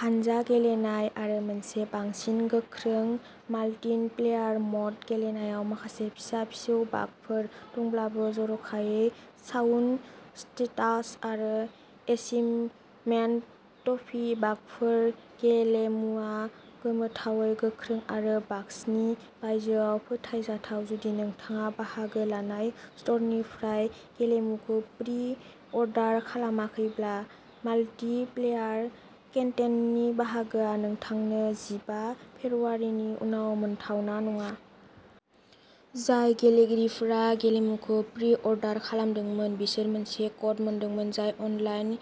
हानजा गेलेनाय, आरो मोनसे बांसिन गोख्रों माल्टिन प्लेयार म'ड गेलेनायाव माखासे फिसा-फिसौ बागफोर दंब्लाबो जर'खायै साउन्ड स्टेटास आरो एचिममेन्ट ट्रफी बागफोर, गेलेमुआ गोमोथावै गोख्रों आरो बाक्सनि बायजोआव फोथायजाथाव जुदि नोंथाङा बाहागो लानाय स्ट'रनिफ्राय गेलेमुखौ प्रि अर्डार खालामाखैब्ला, माल्टि-प्लेयार केन्टेन्टनि बाहागोआ नोंथांनो जिबा फेब्रुआरि नि उनाव मोनथावना नङा। जाय गेलेगिरिफोरा गेलेमुखौ प्रि-अर्डार खालामदोंमोन, बिसोर मोनसे क'ड मोनदोंमोन जाय अनलाइन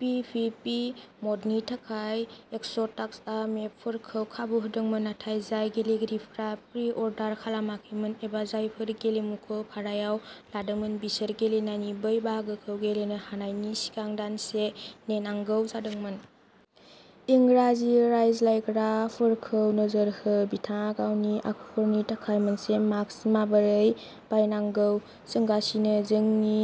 पिभिपि म'डनि थाखाय एक्स'टाक्सा मेपफोरखौ खाबु होदोंमोन, नाथाय जाय गेलेगिरिफोरा प्रि-अर्डार खालामाखैमोन, एबा जायफोरा गेलेमुखौ भारायाव लादोंमोन, बिसोरो गेलेनायनि बै बाहागोखौ गेलेनो हानायनि सिगां दानसे नेनांगौ जादोंमोन। इंराजि रायज्लायग्राफोरखौ नोजोर हो बिथाङा गावनि आखुफोरनि थाखाय मोनसे माक्स माबोरै बानायनांगौ सोंगासिनो जोंनि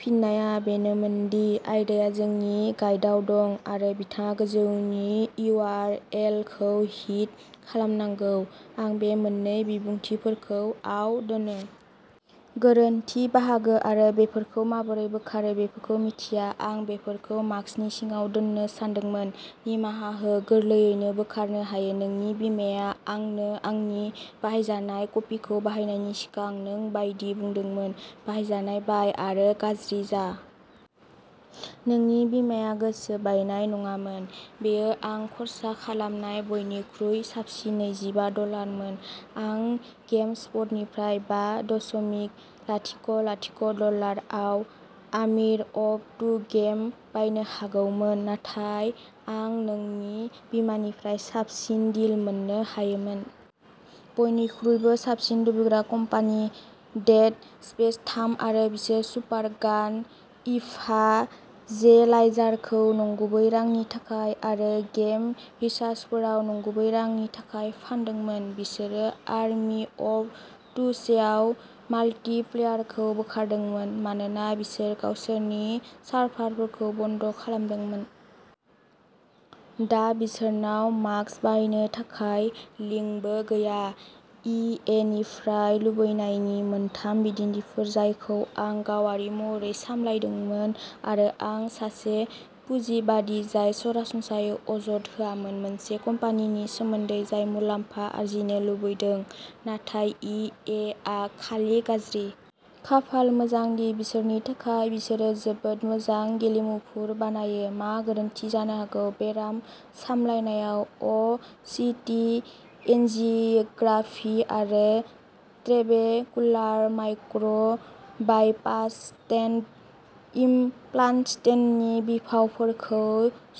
फिननाया बेनोमोन दि आयदाआ जोंनि गाइदाव दं आरो बिथाङा गोजौनि इउआरएलखौ हिट खालामनांगौ। आं बे मोन्नै बिबुंथिफोरखौ आव दोनो। गोरोन्थि बाहागो आरो बेफोरखौ माबोरै बोखारो बेफोरखौ मिथिया। आं बेफोरखौ माक्सनि सिङाव दोन्नो सानदोंमोन। निमाहा हो। गोरलैयैनो बोखारनो हायो। नोंनि बिमाया आंनो आंनि बाहायजानाय कपिखौ बायनायनि सिगां नों बायदि बुंदोंमोन, बाहायजानाय बाय आरो गाज्रि जा। नोंनि बिमाया गोसो बायनाय नङामोन। बेयो आं खर्सा खालामनाय बयनिख्रुइ साबसिन नैजिबा डलारमोन। आं गेमस्टपनिफ्राय बा दशमिक लाथिक' लाथिक' डलार आव आमिर अफ टु गेम बायनो हागौमोन, नाथाय आं नोंनि बिमानिफ्राय साबसिन डिल मोननो हायोमोन। बयनिख्रुइबो साबसिन लुबैग्रा कम्पानि। डेड स्पेस थाम आरो बिसोरो सुपार गान इभाजेलाइजारखौ नंगुबै रांनि थाखाय आरो गेम रिसार्सफोराव नंगुबै रांनि थाखाय फानदोंमोन। बिसोरो आर्मि अफ टु से आव माल्टिप्लेयारखौ बोखारदोंमोन मानोना बिसोरो गावसोरनि सार्भारफोरखौ बन्द' खालामदोंमोन। दा बिसोरनाव माक्स बायनो थाखाय लिंकबो गैया। इ ए निफ्राय लुबैनायनि मोनथाम बिदिन्थिफोर जायखौ आं गावारि महरै सामलायदोंमोन आरो आं सासे पुजिबादि जाय सरासनस्रायै अजद होआमोन। मोनसे कम्पानिनि सोमोन्दै जाय मुलाम्फा आर्जिनो लुबैदों नाथाय इ ए आ खालि गाज्रि। खाफाल मोजां दि बिसोरनि थाखाय बिसोरो जोबोद मोजां गेलेमुफोर बानायो। मा गोरोन्थि जानो हागौ? बेराम सामलायनायाव अ चि टि एन्जिग्राफि आरो ट्रेबेकुलार माइक्र'बाइपास स्टेन्ट इमप्लान्श्टेननि बिफावफोरखौ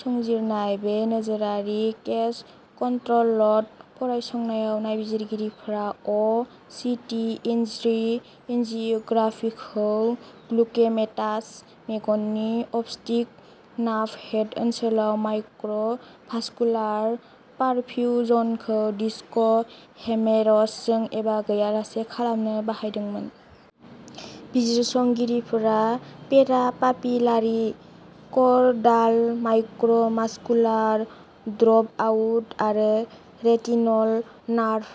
संजिरनाय। बे नोजोरारि केस-कन्ट्र'ल्ड फरायसंनायाव, नायबिजिरगिरिफोरा अ चि टि एनस्रि एन्जिग्राफिखौ ग्लुकेमेटास मेगननि अप्सटिक नार्भ हेड ओनसोलाव माइक्र' भास्कुलार पारफिउजनखौ डिस्क' हेम'रज जों एबा गैयालासे खालामनो बाहायदोंमोन। बिजिरसंगिरिफोरा peripapillary choroidal microvascular dropout आरो रेटिनल नार्भ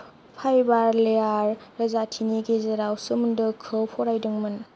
फाइबार लेयार रोजाथिनि गेजेराव सोमोन्दोखौ फरायदोंमोन।